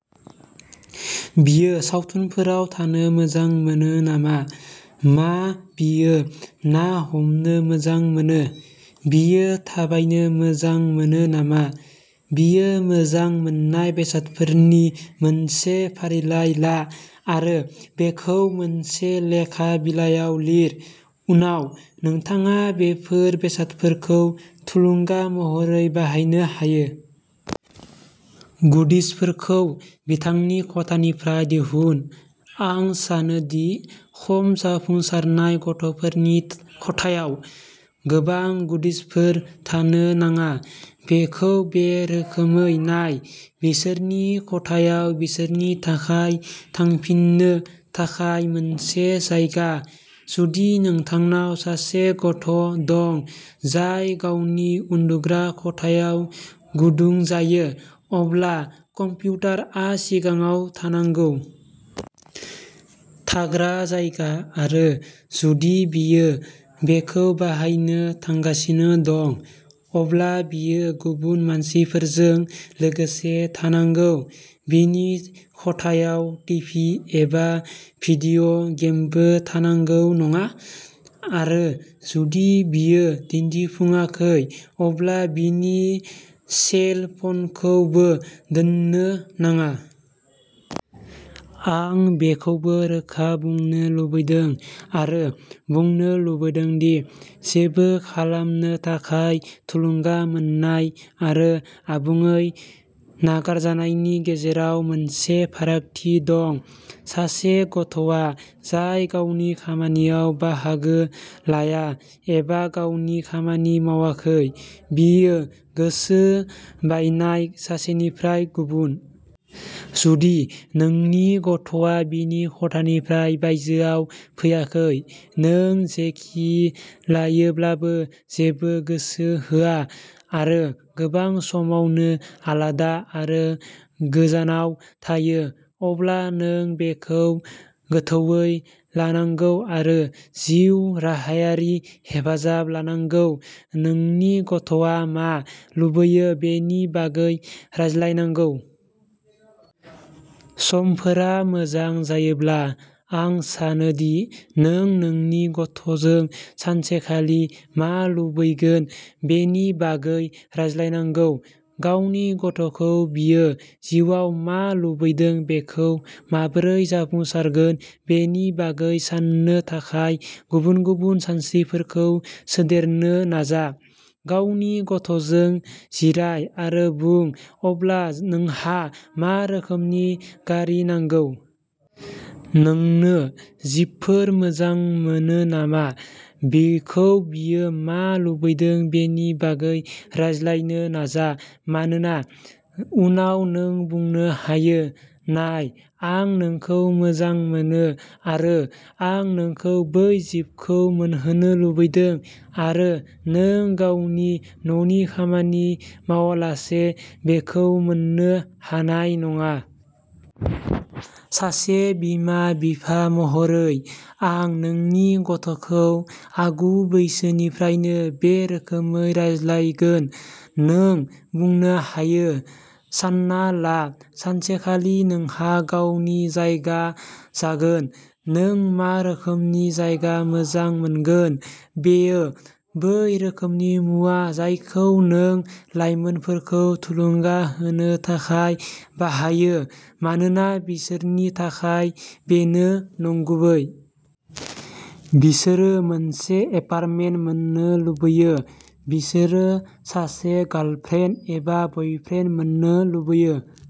बियो सावथुनफोराव थांनो मोजां मोनो नामा? मा बियो ना हमनो मोजां मोनो? बियो थाबायनो मोजां मोनो नामा? बियो मोजां मोननाय बेसादफोरनि मोनसे फारिलाइ ला आरो बेखौ मोनसे लेखा बिलायाव लिर। उनाव, नोंथाङा बेफोर बेसादफोरखौ थुलुंगा महरै बाहायनो हायो। गुडिजफोरखौ बिथांनि खथानिफ्राय दिहुन। आं सानो दि खम जाफुंसारनाय गथ'फोरनि खथायाव गोबां गुडिजफोर थानो नाङा। बेखौ बे रोखोमै नाय बिसोरनि खथाया बिसोरनि थाखाय थांफिननो थाखाय मोनसे जायगा। जुदि नोंथांनाव सासे गथ' दं जाय गावनि उन्दुग्रा खथायाव गुदुं जायो, अब्ला कम्पिउटारआ सिङाव थानांगौ। थाग्रा जायगा आरो जुदि बियो बेखौ बाहायनो थांगासिनो दं, अब्ला बियो गुबुन मानसिफोरजों लोगोसे थानांगौ। बिनि खथायाव टिभि एबा भिडिय' गेमबो थानांगौ नङा, आरो जुदि बियो दिन्थिफुङाखै, अब्ला बिनि सेल फनखौबो दोननो नाङा। आं बेखौबो रोखा बुंनो लुबैदों आरो बुंनो लुबैदों दि जेबो खालामनो थाखाय थुलुंगा मोन्नाय आरो आबुङै नागारजानायनि गेजेराव मोनसे फारागथि दं। सासे गथ'आ जाय गावनि खामानियाव बाहागो लाया एबा गावनि खामानि मावाखै, बियो गोसो बायनाय सासेनिफ्राय गुबुन। जुदि नोंनि गथ'आ बिनि खथानिफ्राय बायजोआव फैयाखै, नों जेखि लायोब्लाबो जेबो गोसो होआ, आरो गोबां समावनो आलादा आरो गोजानाव थायो, अब्ला नों बेखौ गोथौवै लानांगौ आरो जिउ राहायारि हेफाजाब लानांगौ। नोंनि गथ'आ मा लुबैयो बेनि बागै रायज्लायनांगौ। समफोरा मोजां जायोब्ला, आं सानो दि नों नोंनि गथ'जों सानसेखालि मा लुबैगोन बेनि बागै रायज्लायनांगौ। गावनि गथ'खौ बियो जिउआव मा लुबैदों बेखौ माबोरै जाफुंसारगोन बेनि बागै साननो थाखाय गुबुन-गुबुन सानस्रिफोरखौ सोदेरनो नाजा। गावनि गथ'जों जिराय आरो बुं अब्ला नोंहा मा रोखोमनि गारि नांगौ? नोंनो जिबफोर मोजां मोनो नामा? बिखौ बियो मा लुबैदों बेनि बागै रायज्लायनो नाजा। मानोना उनाव नों बुंनो हायो, नाय, आं नोंखौ मोजां मोनो आरो आं नोंखौ बै जिपखौ मोनहोनो लुबैदों आरो नों गावनि न'नि खामानि मावालासे बेखौ मोन्नो हानाय नङा। सासे बिमा-बिफा महरै, आं नोंनि गथ'खौ आगु-बैसोनिफ्रायनो बे रोखोमै रायज्लायगोन। नों बुंनो हायो, सानना ला, सानसेखालि नोंहा गावनि जायगा जागोन। नों मा रोखोमनि जायगा मोजां मोनगोन? बेयो बै रोखोमनि मुवा जायखौ नों लायमोनफोरखौ थुलुंगा होनो थाखाय बाहायो मानोना बिसोरनि थाखाय बेनो नंगुबै। बिसोरो मोनसे एपार्टमेन्ट मोन्नो लुबैयो, बिसोरो सासे गार्लफ्रेन्ड एबा बयफ्रेन्ड मोन्नो लुबैयो।